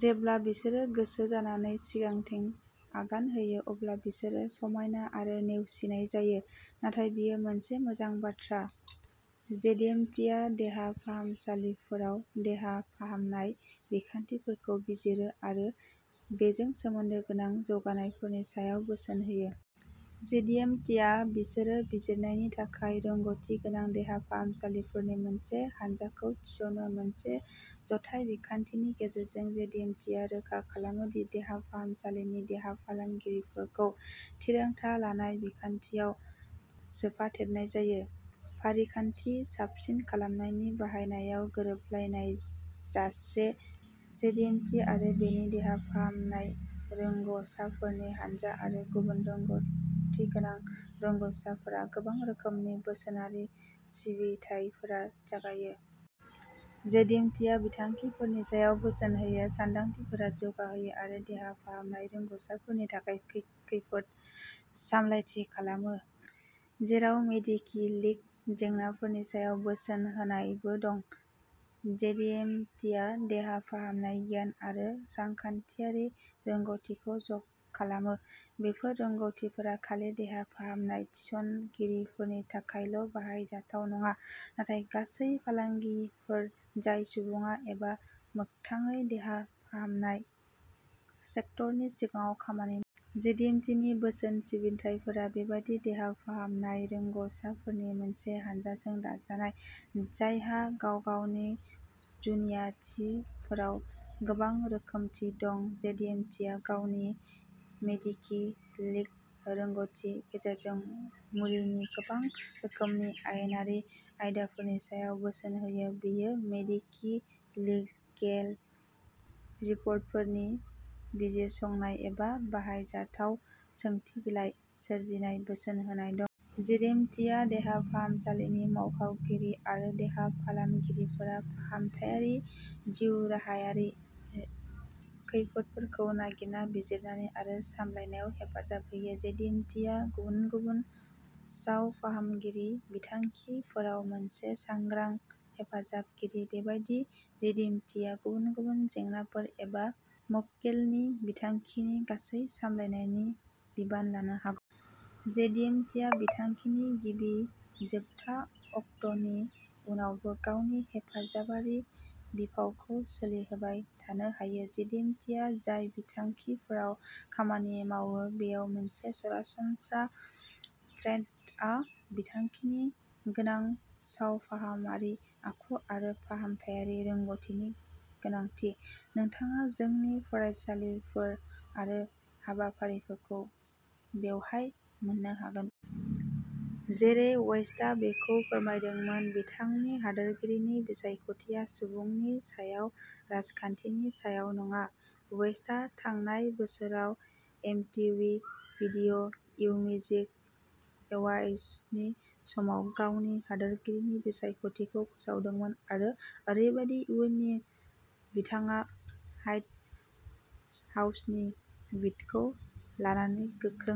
जेब्ला बिसोरो गोसो जानानै सिगांथिं आगान होयो अब्ला बिसोरो समायना आरो नेवसिनाय जायो। नाथाय बेयो मोनसे मोजां बाथ्रा। जेडिएमटिआ देहा फाहामसालिफोराव देहा फाहामनाय बिखान्थिफोरखौ बिजिरो आरो बेजों सोमोन्दो गोनां जौगानायफोरनि सायाव बोसोन होयो। जेडिएमटिआ बेफोर बिजिरनायनि थाखाय रोंग'थिगोनां देहा फाहामगिरिफोरनि मोनसे हानजाखौ थिसनो। मोनसे जथाय बिखान्थिनि गेजेरजों, जेडिएमटिआ रोखा खालामो दि देहा फाहामसालिनि देहा फाहामगिरिफोरखौ थिरांथा लानाय बिखान्थियाव सोफादेरनाय जायो, फारिखान्थि साबसिन खालामनायनि बाहायनायाव गोरोबलायाजासे। जेडिएमटि आरो बेनि देहा फाहामनाय रोंग'साफोरनि हानजा आरो गुबुन रोंग'थिगोनां रोंग'साफोरा गोबां रोखोमनि बोसोनारि सिबिथाइफोर जगायो। जेडिएमटिआ बिथांखिफोरनि सायाव बोसोन होयो, सानदांथिफोर जौगाहोयो आरो देहा फाहामनाय रोंग'साफोरनि थाखाय खैफोद सामलायथि खालामो, जेराव मेडिको-लिगेल जेंनाफोरनि सायाव बोसोन होनायबो दं। जेडिएमटिआ देहा फाहामनाय गियान आरो रांखान्थियारि रोंग'थिखौ ज'खालामो। बेफोर रोंग'थिफोरा खालि देहा फाहामनाय थिस'नगिरिफोरनि थाखायल'बाहायजाथाव नङा, नाथाय गासै फालांगिफोर जाय आबुङै एबा मोगथांयै देहा फाहामनाय सेक्टरनि सिङाव खामानि मावो। जेडिएमटिनि बोसोनारि सिबिथाइफोरा बेबादिनो देहा फाहामनाय रोंग'साफोरनि मोनसे हानजाजों दाजानाय, जायहा गाव-गावनि जुनियाथिफोराव गोबां रोंमोनदांथि दं। जेडिएमटिआ गावनि मेडिको-लिगेल रोंग'थिनि गेजेरजों मुलिनि गोबां रोखोमनि आयेनारि आयदाफोरनि सायाव बोसोन होयो। बेयाव मेडिको-लिगेल रिपर्टफोरनि बिजिरसंनाय, एबा बाहायजाथाव सोंथि बिलाइफोर सोरजिनायाव बोसोन होनाय दं। जेडिएमटिआ देहा फाहामसालिनि मावख'गिरिफोर आरो देहा फाहामगिरिफोरखौ फाहामथायारि जिउराहायारि खैफोदफोरखौ नागिरना, बिजिरनानै आरो सामलायनायाव हेफाजाब होयो। जेडिएमटिआ गुबुन गुबुन सावफाहामारि बिथांखिफोराव मोनसे सांग्रां हेफाजाबगिरि। बेबायदिनो, जेडिएमटिआ गुबुन गुबुन जेंनाफोर एबा मक्केलनि बिथांखिनि गासै सामलायनायनि बिबान लानो हागौ। जेडिएमटिआ बिथांखिनि गिबि जोबथा अक्ट'नि उनावबो गावनि हेफाजाबारि बिफावखौ सोलिहोबाय थानो हायो। जेडिएमटिआ जाय बिथांखिफोराव खामानि मावो बेयाव मोनसे सरासनस्रा थ्रेडआ बिथांखिनि गोनां सावफाहामारि आखु आरो फाहामथायारि रोंग'थिनि गोनांथि। नोंथाङा जोंनि फरायफारिफोर आरो हाबाफारिफोरखौ बेवहाय मोन्नो हागोन। जेरै वेस्टआ बेखौ फोरमायदोंमोन, बिथांनि हादोरगिरिनि बिसायख'थिया सुबुंथिनि सायाव, राजखान्थिनि सायाव नङा। वेस्टआ थांनाय बोसोराव एमटीवी भिदिय'मिउजिक एवार्ड्सनि समाव गावनि हादोरगिरिनि बिसायख'थिखौ फोसावदोंमोन, आरो ओरैबायदि नुयोदि बिथाङा ह्वाइट हाउसनि बिडखौ लानानै गोख्रों।